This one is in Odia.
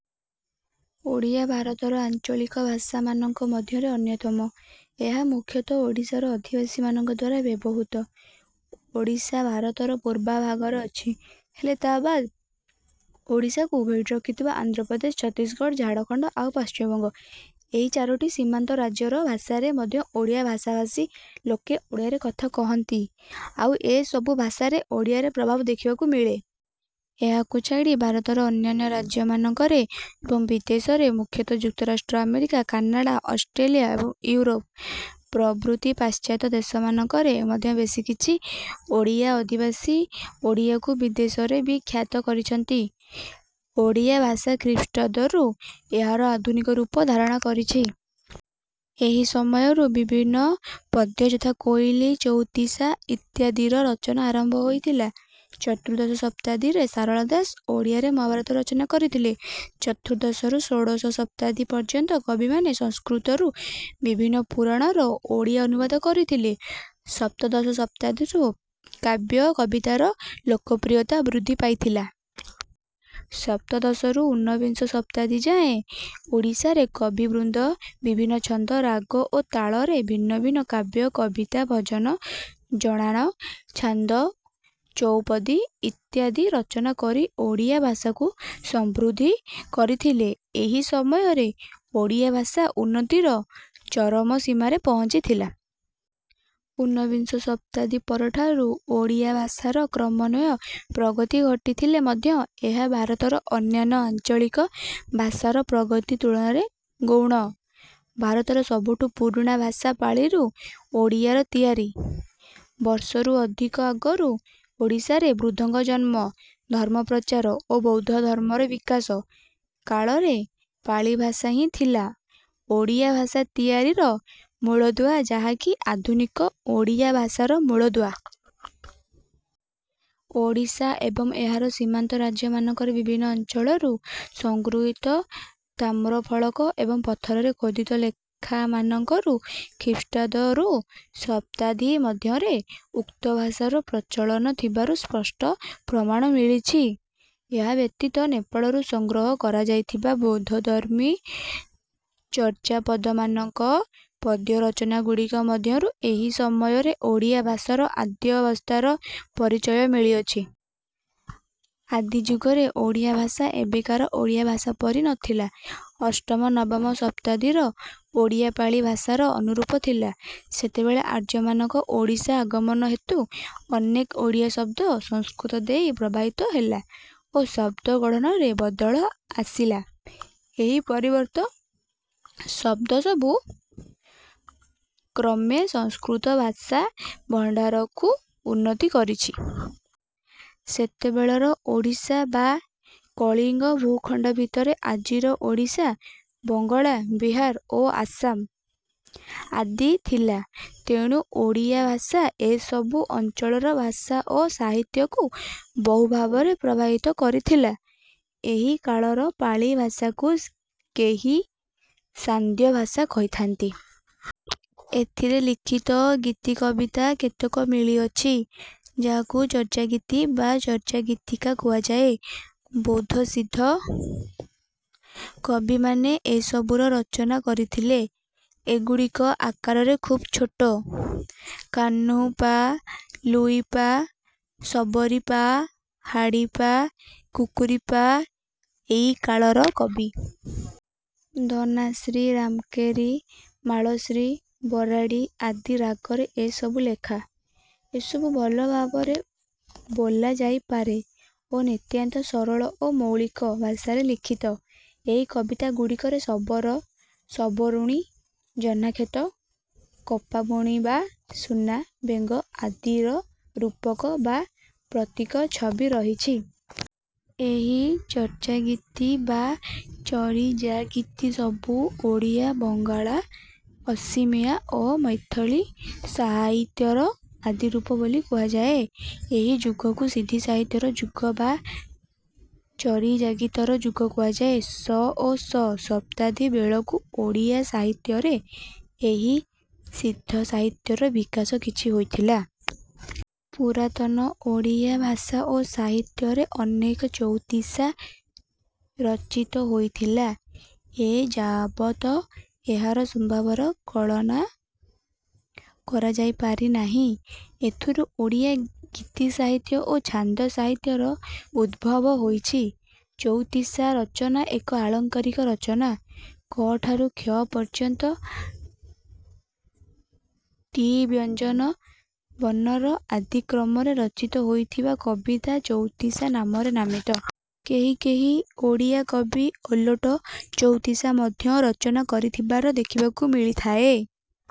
ଓଡ଼ିଆ ଭାରତର ଆଞ୍ଚଳିକ ଭାଷାମାନଙ୍କ ମଧ୍ୟରେ ଅନ୍ୟତମ। ଏହା ମୁଖ୍ୟତଃ ଓଡ଼ିଶାର ଅଧିବାସୀମାନଙ୍କଦ୍ୱାରା ବ୍ୟବହୃତ। ଓଡ଼ିଶା ଭାରତର ପୂର୍ବାଭାଗରେ ଅଛି। ହେଲେ ତା ବାଦେ ଓଡ଼ିଶାକୁ ବେଢ଼ିରହିଥିବା ଆନ୍ଧ୍ର ପ୍ରଦେଶ, ଛତିଶଗଡ଼, ଝାଡ଼ଖଣ୍ଡ ଆଉ ପଶ୍ଚିମବଙ୍ଗ ଏହି ଚାରୋଟି ସୀମାନ୍ତରାଜ୍ୟର ଭାଷାରେ ମଧ୍ୟ ଓଡ଼ିଆ ଭାଷାଭାସୀ ଲୋକେ ଓଡ଼ିଆରେ କଥା କହନ୍ତି ଆଉ ଏସବୁ ଭାଷାରେ ଓଡ଼ିଆରେ ପ୍ରଭାବ ଦେଖିବାକୁ ମିଳେ। ଏହାକୁ ଛାଡ଼ି ଭାରତର ଅନ୍ୟାନ୍ୟ ରାଜ୍ୟମାନଙ୍କରେ, ଏବଂ ବିଦେଶରେ ମୁଖ୍ୟତଃ ଯୁକ୍ତରାଷ୍ଟ୍ର ଆମେରିକା, କାନାଡ଼ା, ଅଷ୍ଟ୍ରେଲିଆ ଏବଂ ଇଉରୋପ ପ୍ରଭୃତି ପାଶ୍ଚତ୍ୟ ଦେଶମାନଙ୍କରେ ମଧ୍ୟ ବେଶ କିଛି ଓଡ଼ିଆ ଅଧିବାସୀ ଓଡ଼ିଆକୁ ବିଦେଶରେ ବି ଖ୍ୟାତ କରାଇଛନ୍ତି। ଓଡ଼ିଆ ଭାଷା ଖ୍ରୀଷ୍ଟାବ୍ଦ ରୁ ଏହାର ଆଧୁନିକ ରୂପ ଧାରଣ କରିଛି। ଏହି ସମୟରୁ ବିଭିନ୍ନ ପଦ୍ୟ ଯଥା କୋଇଲି, ଚଉତିଶା ଇତ୍ୟାଦିର ରଚନା ଆରମ୍ଭ ହୋଇଥିଲା। ଚତୁର୍ଦ୍ଦଶ ଶତାବ୍ଦୀରେ ସାରଳା ଦାସ ଓଡ଼ିଆରେ ମହାଭାରତ ରଚନା କରିଥିଲେ। ଚତୁର୍ଦ୍ଦଶରୁ ଷୋଡଶ ଶତାବ୍ଦୀ ପର୍ଯ୍ୟନ୍ତ କବିମାନେ ସଂସ୍କୃତରୁ ବିଭିନ୍ନ ପୁରାଣର ଓଡ଼ିଆ ଅନୁବାଦ କରିଥିଲେ। ସପ୍ତଦଶ ଶତାବ୍ଦୀରୁ କାବ୍ୟ କବିତାର ଲୋକପ୍ରିୟତା ବୃଦ୍ଧି ପାଇଥିଲା। ସପ୍ତଦଶରୁ ଉନ୍ନବିଂଶ ଶତାବ୍ଦୀ ଯାଏଁ ଓଡ଼ିଶାର କବିବୃନ୍ଦ ବିଭିନ୍ନ ଛନ୍ଦ, ରାଗ ଓ ତାଳରେ ଭିନ୍ନ ଭିନ୍ନ କାବ୍ୟ, କବିତା, ଭଜନ, ଜଣାଣ, ଛାନ୍ଦ, ଚଉପଦୀ ଇତ୍ୟାଦି ରଚନା କରି ଓଡ଼ିଆ ଭାଷାକୁ ସମୃଦ୍ଧ କରିଥିଲେ। ଏହି ସମୟରେ ଓଡ଼ିଆ ଭାଷା ଉନ୍ନତିର ଚରମ ସୀମାରେ ପହଞ୍ଚିଥିଲା। ଉନ୍ନବିଂଶ ଶତାବ୍ଦୀ ପରଠାରୁ ଓଡ଼ିଆ ଭାଷାର କ୍ରମନ୍ୱୟ ପ୍ରଗତି ଘଟିଥିଲେ ମଧ୍ୟ ଏହା ଭାରତର ଅନ୍ୟାନ୍ୟ ଆଞ୍ଚଳିକ ଭାଷାର ପ୍ରଗତି ତୁଳନାରେ ଗୌଣ। ଭାରତର ସବୁଠୁ ପୁରୁଣା ଭାଷା ପାଳିରୁ ଓଡ଼ିଆର ତିଆରି। ବର୍ଷରୁ ଅଧିକ ଆଗରୁ ଓଡ଼ିଶାରେ ବୁଦ୍ଧଙ୍କ ଜନ୍ମ, ଧର୍ମପ୍ରଚାର ଓ ବୌଦ୍ଧ ଧର୍ମର ବିକାଶ କାଳରେ ପାଳି ଭାଷା ହିଁ ଥିଲା ଓଡ଼ିଆ ଭାଷା ତିଆରିର ମୂଳଦୁଆ ଯାହାକି ଆଧୁନିକ ଓଡ଼ିଆ ଭାଷାର ମୂଳଦୁଆ। ଓଡ଼ିଶା ଏବଂ ଏହାର ସୀମାନ୍ତ ରାଜ୍ୟମାନଙ୍କର ବିଭିନ୍ନ ଅଞ୍ଚଳରୁ ସଂଗୃହୀତ ତାମ୍ରଫଳକ ଏବଂ ପଥରରେ ଖୋଦିତ ଲେଖାମାନଙ୍କରୁ ଖ୍ରୀଷ୍ଟାବ୍ଦ ରୁ ଶତାବ୍ଦୀ ମଧ୍ୟରେ ଉକ୍ତ ଭାଷାର ପ୍ରଚଳନ ଥିବାର ସ୍ୱଷ୍ଟ ପ୍ରମାଣ ମିଳିଛି। ଏହା ବ୍ୟତୀତ ନେପାଳରୁ ସଂଗ୍ରହ କରାଯାଇଥିବା ବୌଦ୍ଧଧର୍ମୀ ଚର୍ଯାପଦମାନଙ୍କ ପଦ୍ୟରଚନାଗୁଡ଼ିକ ମଧ୍ୟରୁ ଏହି ସମୟରେ ଓଡ଼ିଆ ଭାଷାର ଆଦ୍ୟାବସ୍ଥାର ପରିଚୟ ମିଳିଅଛି। ଆଦିଯୁଗରେ ଓଡ଼ିଆ ଭାଷା ଏବେକାର ଓଡ଼ିଆ ଭାଷା ପରି ନଥିଲା। ଅଷ୍ଟମ-ନବମ ଶତାବ୍ଦୀର ଓଡ଼ିଆ ପାଳି ଭାଷାର ଅନୁରୂପ ଥିଲା। ସେତେବେଳେ ଆର୍ଯ୍ୟମାନଙ୍କ ଓଡ଼ିଶା ଆଗମନ ହେତୁ ଅନେକ ଓଡ଼ିଆ ଶବ୍ଦ ସଂସ୍କୃତ ଦେଇ ପ୍ରଭାବିତ ହେଲା ଓ ଶବ୍ଦ ଗଢଣରେ ବଦଳ ଆସିଲା। ଏହି ପରିବର୍ତ୍ତିତ ଶବ୍ଦସବୁ କ୍ରମେ ସଂସ୍କୃତ ଭାଷା ଭଣ୍ଡାରକୁ ଉନ୍ନତ କରିଛି। ସେତେବେଳର ଓଡ଼ିଶା ବା କଳିଙ୍ଗ ଭୂଖଣ୍ଡ ଭିତରେ ଆଜିର ଓଡ଼ିଶା, ବଙ୍ଗଳା, ବିହାର ଓ ଆସାମ ଆଦି ଥିଲା, ତେଣୁ ଓଡ଼ିଆ ଭାଷା ଏସବୁ ଅଞ୍ଚଳର ଭାଷା ଓ ସାହିତ୍ୟକୁ ବହୁ ଭାବରେ ପ୍ରଭାବିତ କରିଥିଲା। ଏହି କାଳର ପାଳି ଭାଷାକୁ କେହି ସାନ୍ଧ୍ୟ ଭାଷା କହିଥାନ୍ତି। ଏଥିରେ ଲିଖିତ ଗୀତିକବିତା କେତେକ ମିଳିଅଛି ଯାହାକୁ ଚର୍ଯାଗୀତି ବା ଚର୍ଯାଗୀତିକା କୁହାଯାଏ। ବୌଦ୍ଧ ସିଦ୍ଧ କବିମାନେ ଏସବୁର ରଚନା କରିଥିଲେ। ଏଗୁଡ଼ିକ ଆକାରରେ ଖୁବ ଛୋଟ। କାହ୍ନୁ ପା, ଲୁଇ ପା, ସବରି ପା, ହାଡି ପା, କୁକୁରି ପା ଏହି କାଳର କବି। ଧନାଶ୍ରୀ, ରାମକେରି, ମାଳଶ୍ରୀ, ବରାଡ଼ି ଆଦି ରାଗରେ ଏସବୁ ଲେଖା। ଏସବୁ ଭଲ ଭାବରେ ବୋଲାଯାଇପାରେ ଓ ନିତାନ୍ତ ସରଳ ଓ ମୌଳିକ ଭାଷାରେ ଲିଖିତ। ଏହି କବିତା ଗୁଡ଼ିକରେ ଶବର, ଶବରୁଣୀ, ଜହ୍ନାକ୍ଷେତ, କପାବୁଣିବା, ସୁନା, ବେଙ୍ଗ ଆଦିର ରୂପକ ବା ପ୍ରତୀକ ଛବି ରହିଛି। ଏହି ଚର୍ଯାଗୀତି ବା ଚରିଜାଗିତିସବୁ ଓଡ଼ିଆ, ବଙ୍ଗଳା, ଅସିମିଆ ଓ ମୈଥିଳି ସାହିତ୍ୟର ଆଦିରୂପ ବୋଲି କୁହାଯାଏ। ଏହି ଯୁଗକୁ ସିଦ୍ଧସାହିତ୍ୟର ଯୁଗ ବା ଚରିଜାଗିତିର ଯୁଗ କୁହାଯାଏ। ଶ ଓ ଶ ଶତାବ୍ଦୀ ବେଳକୁ ଓଡ଼ିଆ ସାହିତ୍ୟରେ ଏହି ସିଦ୍ଧସାହିତ୍ୟର ବିକାଶ କିଛି ହୋଇଥିଲା। ପୁରାତନ ଓଡ଼ିଆ ଭାଷା ଓ ସାହିତ୍ୟରେ ଅନେକ ଚଉତିଶା ରଚିତ ହୋଇଥିଲା। ଏଯାବତ ଏହାର ସମ୍ଭାର କଳନା କରାଯାଇପାରିନାହିଁ। ଏଥିରୁ ଓଡ଼ିଆ ଗୀତିସାହିତ୍ୟ ଓ ଛାନ୍ଦ ସାହିତ୍ୟର ଉଦ୍ଭବ ହୋଇଛି। ଚଉତିଶା ରଚନା ଏକ ଆଳଙ୍କରିକ ରଚନା। କଠାରୁ କ୍ଷ ପର୍ଯ୍ୟନ୍ତ ଟି ବ୍ୟଞ୍ଜନ ବର୍ଣ୍ଣର ଆଦିକ୍ରମରେ ରଚିତ ହୋଇଥିବା କବିତା ଚଉତିଶା ନାମରେ ନାମିତ। କେହି କେହି ଓଡ଼ିଆ କବି ଓଲଟ ଚଉତିଶା ମଧ୍ୟ ରଚନା କରିଥିବାର ଦେଖିବାକୁ ମିଳିଥାଏ।